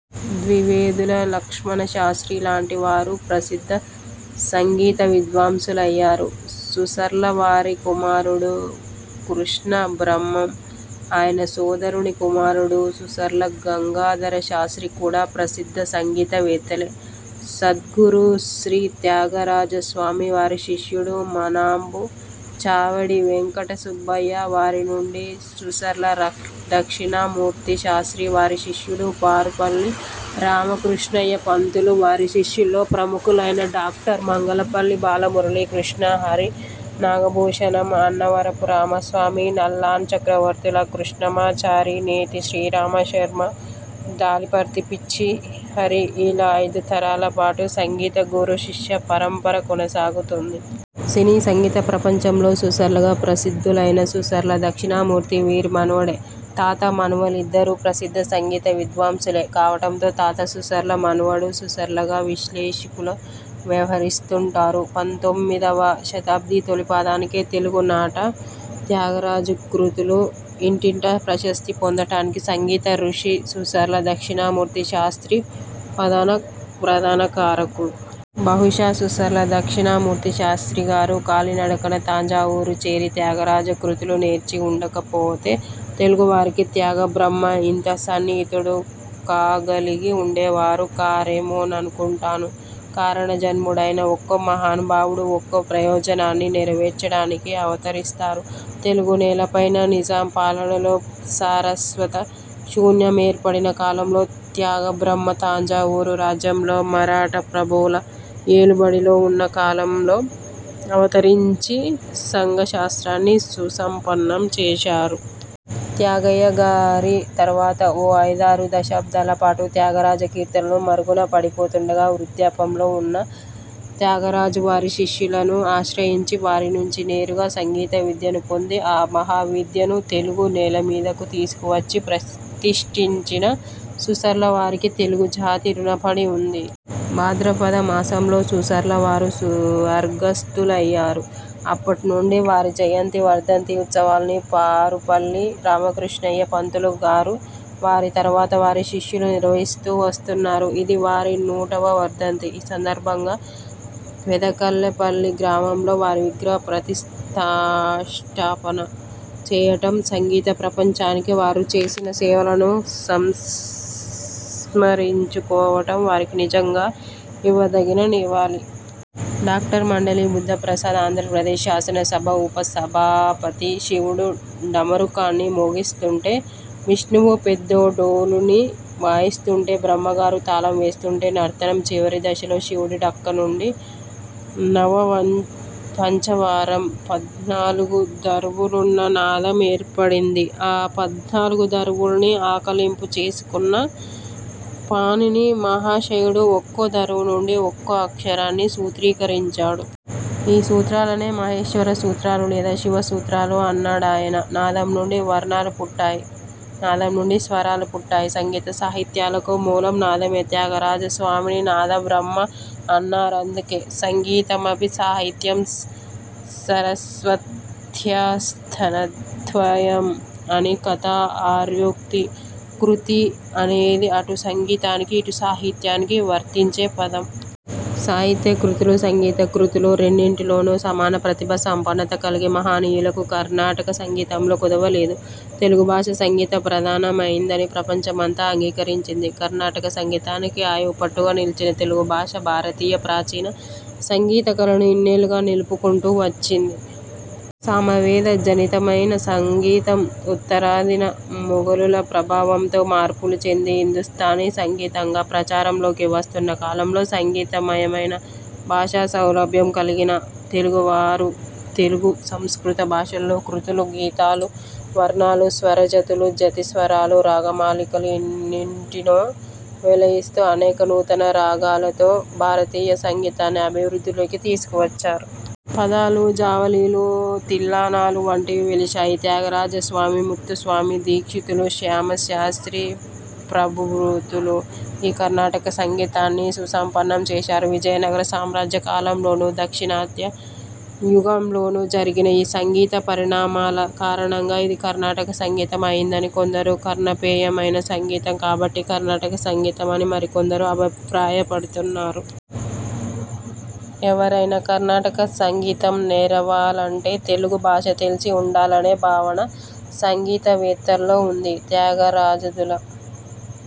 ద్వివేదుల లక్ష్మణ శాస్త్రీ లాంటి వారు ప్రసిద్ధ సంగీత విద్వాంసులయ్యారు. సుసర్ల వారి కుమారుడు కృష్ణ బ్రహ్మం, ఆయన సోదరుని కుమారుడు సుసర్ల గంగాధర శాస్త్రీ కూడా ప్రసిద్ధ సంగీత వేత్తలే! సద్గురు శ్రీ త్యాగరాజస్వామి, వారి శిష్యుడు మానాంబు చావడి వెంకట సుబ్బయ్య, వారి నుండి సుసర్ల దక్షిణామూర్తి శాస్త్రీ, వారి శిష్యుడు పారుపల్లి రామకృష్ణయ్య పంతులు, వారి శిష్యుల్లో ప్రముఖులైన డాక్టర్ మంగళంపల్లి బాలమురళీ కృష్ణ, హరి నాగభూషణం, అన్నవరపు రామస్వామి, నల్లాన్ చక్రవర్తుల కృష్ణమాచారి, నేతి శ్రీరామ శర్మ, దాలిపర్తి పిచ్చి హరి ఇలా ఐదు తరాల పాటు సంగీత గురు శిష్య పరంపర కొనసాగుతోంది. సినీ సంగీత ప్రపంచంలో సుసర్లగా ప్రసిద్ధులైన సుసర్ల దక్షిణామూర్తి వీరి మనుమడే! తాత మనుమలిద్దరూ ప్రసిద్ధ సంగీత విద్వాంసులే కావటంతో తాత సుసర్ల, మనుమడు సుసర్లగా విశ్లేషికులు వ్యవహరిస్తుంటారు. పంతొమ్మిదివ శతాబ్ది తొలిపాదానికే తెలుగు నాట త్యాగరాజ కృతులు ఇంటింటా ప్రశస్తి పొందటానికి సంగీత ఋషి సుసర్ల దక్షిణామూర్తి శాస్ర్తి ప్రధాన ప్రధాన కారకులు. బహుశా సుసర్ల దక్షిణామూర్తి శాస్త్రీ గారు కాలినడకన తంజావూరు చేరి త్యాగరాజ కృతులు నేర్చి ఉండకపోతే, తెలుగు వారికి త్యాగ బ్రహ్మ ఇంత సన్నిహితుడు కాగలిగి ఉండేవారు కారేమోననుకుంటాను. కారణ జన్ముడైన ఒక్కో మహానుభావుడు ఒక్కో ప్రయోజనాన్ని నెరవేర్చటానికి అవతరిస్తారు. తెలుగు నేలపైన నిజాం పాలనలో సారస్వత శూన్యం ఏర్పడిన కాలంలో త్యాగ బ్రహ్మ తంజావూరు రాజ్యంలో మరాఠా ప్రభువుల ఏలుబడిలో ఉన్న కాలంలో అవతరించి సంగ శాస్త్రాన్ని సుసంపన్నం చేశారు. త్యాగయ్య గారి తరువాత ఓ ఐదారు దశాబ్దాల పాటు త్యాగరాజ కీర్తనలు మరుగున పడిపోతుండగా, వృద్ధాప్యంలో ఉన్న త్యాగరాజు వారి శిష్యులను ఆశ్రయించి, వారి నుంచి నేరుగా సంగీత విద్యను పొంది ఆ మహావిద్యను తెలుగు నేలమీదకు తీసుకువచ్చి ప్రతిష్టించిన సుసర్ల వారికి తెలుగు జాతి రుణపడి ఉంది. భాద్రపద మాసంలో సుసర్లవారు సుస్వర్గస్థులయ్యారు. అప్పటి నుండి వారి జయంతి, వర్ధంతి ఉత్సవాల్ని పారుపల్లి రామకృష్ణయ్య పంతులు గారు, వారి తరువాత వారి శిష్యులూ నిర్వహిస్తూ వస్తున్నారు. ఇది వారి నూటవ వర్ధంతి. ఈ సందర్భంగా పెదకళ్ళేపల్లి గ్రామంలో వారి విగ్రహ ప్రతిష్ఠాపన చేయటం, సంగీత ప్రపంచానికి వారు చేసిన సేవలను సంస్మరించుకోవటం వారికి నిజంగా ఇవ్వదగిన నివాళి. డాక్టర్ మండలి బుద్ధప్రసాద్ఆంధ్రప్రదేశ్ శాసనసభ ఉప సభాపతి శివుడు డమరుకాన్ని మోగిస్తుంటే, విష్ణువు పెద్దడోలుని వాయిస్తుంటే, బ్రహ్మగారు తాళం వేస్తుంటే నర్తనం చివరి దశలో శివుని ఢక్క నుండి, నవ వాంఛ పంచవారం పద్నాలుగు దరువులున్న నాదం ఏర్పడింది. ఆ పద్నాలుగు దరువుల్నీ ఆకళింపు చేసుకున్న పాణిని మహాశయుడు ఒక్కో దరువు నుండి ఒక్కో అక్షరాన్ని సూత్రీకరించాడు. ఈ సూత్రాలనే మహేశ్వర సూత్రాలు లేదా శివ సూత్రాలు అన్నాడాయన. నాదం నుండి వర్ణాలు పుట్టాయి. నాదం నుండి స్వరాలు పుట్టాయి. సంగీత సాహిత్యాలకు మూలం నాదమే! త్యాగరాజ స్వామిని నాద బ్రహ్మ అన్నారందుకే! ''సంగీతమపి సాహిత్యం సరస్వత్యాః స్తనద్వయం'' అని కదా ఆర్యోక్తి. కృతి అనేది అటు సంగీతానికీ, ఇటు సాహిత్యానికీ వర్తించే పదం. సాహిత్య కృతులు, సంగీత కృతులు రెండింటిలోనూ సమాన ప్రతిభా సంపన్నత కలిగిన మహనీయులకు కర్ణాటక సంగీతంలో కొదవ లేదు. తెలుగు భాష సంగీత ప్రధానమైందని ప్రపంచం అంతా అంగీకరించింది. కర్ణాటక సంగీతానికి ఆయువుపట్టుగా నిలిచిన తెలుగు భాష భారతీయ ప్రాచీన సంగీత కళను ఇన్నేళ్లుగా నిలుపుకుంటూ వచ్చింది. సామవేద జనితమైన సంగీతం ఉత్తరాదిన మొగలుల ప్రభావంతో మార్పులు చెంది హిందుస్తానీ సంగీతంగా ప్రచారంలోకి వస్తున్న కాలంలో సంగీత మయమైన భాషా సౌలభ్యం కలిగిన తెలుగువారు తెలుగు, సంస్కృత భాషల్లో కృతులు, గీతాలు, వర్ణాలు, స్వరజతులు, జతిస్వరాలు, రాగమాలికలు ఎన్నింటినో వెలయిస్తూ అనేక నూతన రాగాలతో భారతీయ సంగీతాన్ని అభివృద్ధిలోకి తీసుకువచ్చారు. పదాలు, జావళీలు, తిల్లానాలు వంటివి వెలిశాయి. త్యాగరాజ స్వామి, ముత్తుస్వామి దీక్షితులు, శ్యామ శాస్త్రీ ప్రభవ్రుతులు ఈ కర్ణాటక సంగీతాన్ని సుసంపన్నం చేశారు. విజయనగర సామ్రాజ్య కాలంలోనూ, దాక్షిణాత్య యుగంలోనూ జరిగిన ఈ సంగీత పరిణామాల కారణంగా ఇది కర్ణాటక సంగీతం అయ్యిందని కొందరు, కర్ణపేయమైన సంగీతం కాబట్టి కర్ణాటక సంగీతం అని మరికొందరు అభిప్రాయపడ్తున్నారు. ఎవరైనా కర్ణాటక సంగీతం నేరవాలంటే తెలుగు భాష తెలిసి ఉండాలనే భావన సంగీత వేత్తల్లో ఉంది. త్యాగరాజాదుల